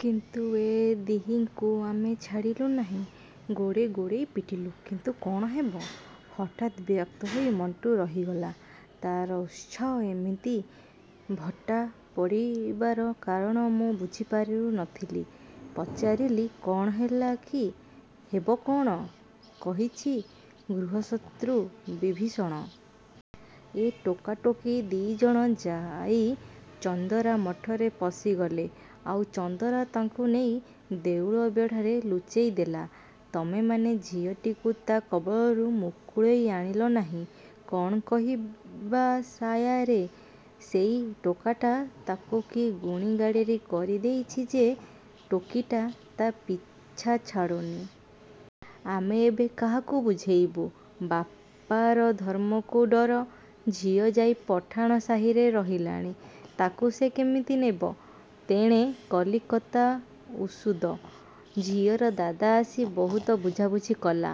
"କିନ୍ତୁ ଏ ଦି’ହିଙ୍କୁ ଆମେ ଛାଡ଼ିଲୁ ନାହିଁ। ଗୋଡ଼େଇ ଗୋଡ଼େଇ ପିଟିଲୁ। କିନ୍ତୁ କ’ଣ ହେବ...!" ହଠାତ୍ ବିରକ୍ତ ହୋଇ ମଣ୍ଟୁ ରହିଗଲା। ତା’ର ଉତ୍ସାହ ଏମିତି ଭଟ୍ଟା ପଡ଼ିବାର କାରଣ ମୁଁ ବୁଝି ପାରୁ ନଥିଲି। ପଚାରିଲି, "କ’ଣ ହେଲା କି?" "ହେବ କ’ଣ? କହିଛି, ଗୃହଶତ୍ରୁ ବିଭୀଷଣ! ଏ ଟୋକା-ଟୋକୀ ଦି’ଜଣ ଯାଇ ଚନ୍ଦରା ମଠରେ ପଶିଗଲେ, ଆଉ ଚନ୍ଦରା ତାଙ୍କୁ ନେଇ ଦେଉଳ ବେଢ଼ାରେ ଲୁଚେଇ ଦେଲା।" "ତମେମାନେ ଝିଅଟିକୁ ତା’ କବଳରୁ ମୁକୁଳେଇ ଆଣିଲ ନାହିଁ?""କ’ଣ କହିବା ସାୟାରେ, ସେଇ ଟୋକାଟା ତାକୁ କି ଗୁଣିଗାରେଡ଼ି କରି ଦେଇଛି ଯେ ଟୋକୀଟା ତା’ ପିଛା ଛାଡ଼ୁନି। ଆମେ ଏବେ କାହାକୁ ବୁଝେଇବୁ? ବାପାର ଧର୍ମକୁ ଡର, ଝିଅ ଯାଇ ପଠାଣ ସାହିରେ ରହିଲାଣି, ତାକୁ ସେ କେମିତି ନେବ? ତେଣେ କଲିକତା ଓଷୁଦ। ଝିଅର ଦାଦା ଆସି ବହୁତ ବୁଝାବୁଝି କଲା,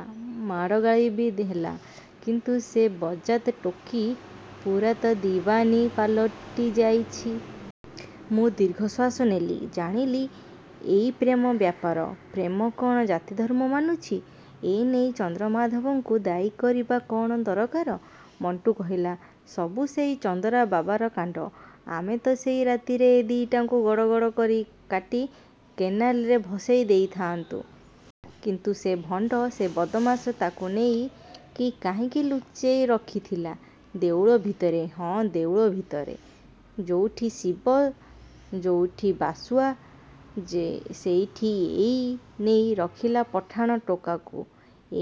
ମାଡ଼ଗାଳି ବି ହେଲା। କିନ୍ତୁ ସେ ବଜ୍ଜାତ୍ ଟୋକୀ ପୂରା ତ ଦିୱାନୀ ପାଲଟି ଯାଇଛି! "ମୁଁ ଦୀର୍ଘଶ୍ୱାସ ନେଲି। ଜାଣିଲି, ଇଏ ପ୍ରେମ ବ୍ୟାପାର। ପ୍ରେମ କ’ଣ ଜାତିଧର୍ମ ମାନୁଛି? ଏ ନେଇ ଚନ୍ଦ୍ରମାଧବଙ୍କୁ ଦାୟୀ କରିବା କ’ଣ ଦରକାର? ମଣ୍ଟୁ କହିଲା, "ସବୁ ସେଇ ଚନ୍ଦରା ବାବାର କାଣ୍ଡ। ଆମେ ତ ସେଇ ରାତିରେ ଏ ଦି’ଟାଙ୍କୁ ଗଡ଼ ଗଡ଼ କରି କାଟି କେନାଲରେ ଭସେଇ ଦେଇଥାଆନ୍ତୁ। କିନ୍ତୁ ସେ ଭଣ୍ଡ, ସେ ବଦ୍‌ମାସ ତାଙ୍କୁ ନେଇକି କାହିଁକି ଲୁଚେଇ ରଖିଥିଲା?" "ଦେଉଳ ଭିତରେ?" "ହଁ, ଦେଉଳ ଭିତରେ! ଯୋଉଠି ଶିବ, ଯୋଉଠି ବାସୁଆ, ସେଇଠି ଇଏ ନେଇ ରଖିଲା ପଠାଣ ଟୋକାକୁ।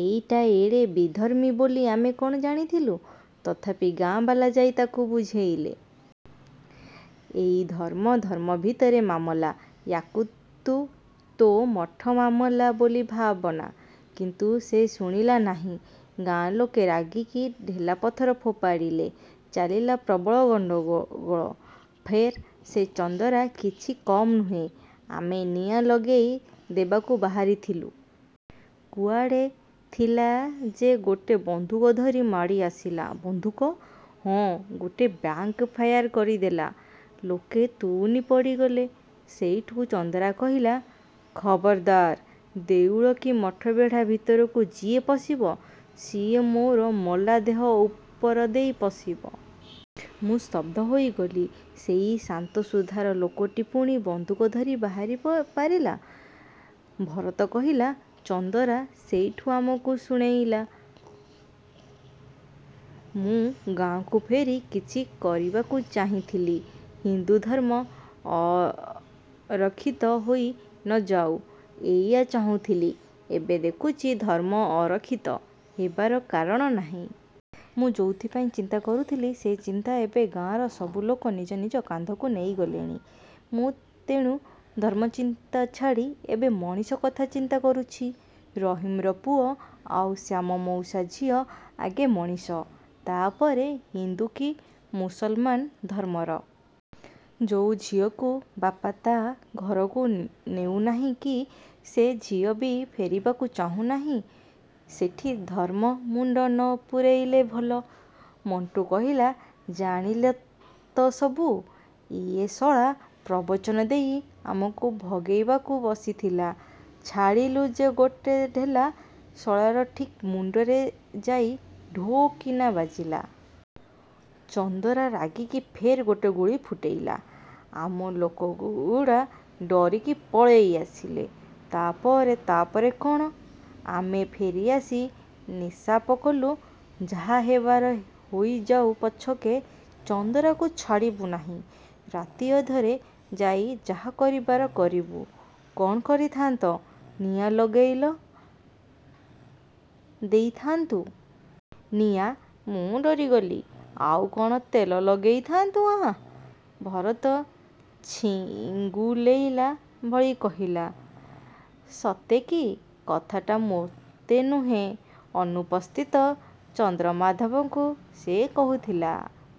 ଏଇଟା ଏଡ଼େ ବିଧର୍ମୀ ବୋଲି ଆମେ କ’ଣ ଜାଣିଥିଲୁ? ତଥାପି ଗାଁବାଲା ଯାଇ ତାକୁ ବୁଝେଇଲେ। ଇଏ ଧର୍ମ-ଧର୍ମ ଭିତରେ ମାମଲା, ୟାକୁ ତୁ ତୋ ମଠ ମାମଲା ବୋଲି ଭାବନା। କିନ୍ତୁ ସେ ଶୁଣିଲା ନାହିଁ। ଗାଁଲୋକେ ରାଗିକି ଢେଲାପଥର ଫୋପାଡ଼ିଲେ, ଚାଲିଲା ପ୍ରବଳ ଗଣ୍ଡଗୋଳ।" "ଫେର୍?" "ସେ ଚନ୍ଦରା କିଛି କମ୍ ନୁହେଁ। ଆମେ ନିଆଁ ଲଗେଇ ଦେବାକୁ ବାହାରିଥିଲୁ। କୁଆଡ଼େ ଥିଲା ଯେ ଗୋଟେ ବନ୍ଧୁକ ଧରି ମାଡ଼ି ଆସିଲା।" "ବନ୍ଧୁକ?" "ହଁ, ଗୋଟେ ବ୍ଲାଙ୍କ୍ ଫାୟାର କରିଦେଲା। ଲୋକେ ତୁନୀ ପଡ଼ିଗଲେ। ସେଇଠୁ ଚନ୍ଦରା କହିଲା, 'ଖବରଦାର୍, ଦେଉଳ କି ମଠ ବେଢ଼ା ଭିତରକୁ ଯିଏ ପଶିବ, ସିଏ ମୋର ମଲାଦେହ ଉପର ଦେଇ ପଶିବ।' "ମୁଁ ସ୍ତବ୍ଧ ହୋଇଗଲି। ସେଇ ଶାନ୍ତସୁଧାର ଲୋକଟି ପୁଣି ବନ୍ଧୁକ ଧରି ବାହାରି ପାରିଲା? ଭରତ କହିଲା, "ଚନ୍ଦରା ସେଇଠୁ ଆମକୁ ଶୁଣେଇଲା, 'ମୁଁ ଗାଁକୁ ଫେରି କିଛି କରିବାକୁ ଚାହିଁଥିଲି। ହିନ୍ଦୁ ଧର୍ମ ଅରକ୍ଷିତ ହୋଇ ନଯାଉ, ଏଇଆ ଚାହୁଁଥିଲି। ଏବେ ଦେଖୁଛି ଧର୍ମ ଅରକ୍ଷିତ ହେବାର କାରଣ ନାହିଁ। ମୁଁ ଯୋଉଥିପାଇଁ ଚିନ୍ତା କରୁଥିଲି, ସେ ଚିନ୍ତା ଏବେ ଗାଁର ସବୁ ଲୋକ ନିଜ ନିଜ କାନ୍ଧକୁ ନେଇ ଗଲେଣି। ମୁଁ ତେଣୁ ଧର୍ମ ଚିନ୍ତା ଛାଡ଼ି ଏବେ ମଣିଷ କଥା ଚିନ୍ତା କରୁଛି। ରହିମ୍‌ର ପୁଅ ଆଉ ଶ୍ୟାମ ମଉସା ଝିଅ ଆଗେ ମଣିଷ, ତା’ପରେ ହିନ୍ଦୁ କି ମୁସଲମାନ ଧର୍ମର। ଯୋଉ ଝିଅକୁ ବାପା ତା’ ଘରକୁ ନେଉନାହିଁ କି ସେ ଝିଅ ବି ଫେରିବାକୁ ଚାହୁଁନାହିଁ, ସେଠି ଧର୍ମ ମୁଣ୍ଡ ନ ପୂରେଇଲେ ଭଲ।" ମଣ୍ଟୁ କହିଲା, "ଜାଣିଲେ ତ ସବୁ, ଇଏ ଶଳା ପ୍ରବଚନ ଦେଇ ଆମକୁ ଭଗେଇବାକୁ ବସିଥିଲା। ଛାଡ଼ିଲୁ ଯେ ଗୋଟେ ଢେଲା, ଶଳାର ଠିକ୍ ମୁଣ୍ଡରେ ଯାଇ ଢୋ କିନା ବାଜିଲା। ଚନ୍ଦରା ରାଗିକି ଫେର୍ ଗୋଟେ ଗୁଳି ଫୁଟେଇଲା। ଆମ ଲୋକଗୁଡ଼ା ଡରିକି ପଳେଇ ଆସିଲେ।" "ତା’ପରେ?""ତା’ପରେ କ’ଣ? ଆମେ ଫେରିଆସି ନିଶାପ କଲୁ, ଯାହା ହେବାର ହୋଇଯାଉ ପଛକେ, ଚନ୍ଦରାକୁ ଛାଡ଼ିବୁ ନାହିଁ। ରାତି ଅଧରେ ଯାଇ ଯାହା କରିବାର କରିବୁ।" "କ’ଣ କରିଥାନ୍ତ?" "ନିଆଁ ଲଗେଇଲ ଦେଇଥାଆନ୍ତୁ।" "ନିଆଁ..." ମୁଁ ଡରିଗଲି। "ଆଉ କ’ଣ ତେଲ ଲଗେଇ ଥାଆନ୍ତୁ, ଆଁ!" ଭରତ ଛିଗୁଲେଇଲା ଭଳି କହିଲା। ସତେକି କଥାଟା ମୋତେ ନୁହେଁ, ଅନୁପସ୍ଥିତ ଚନ୍ଦ୍ରମାଧବଙ୍କୁ ସେ କହୁଥିଲା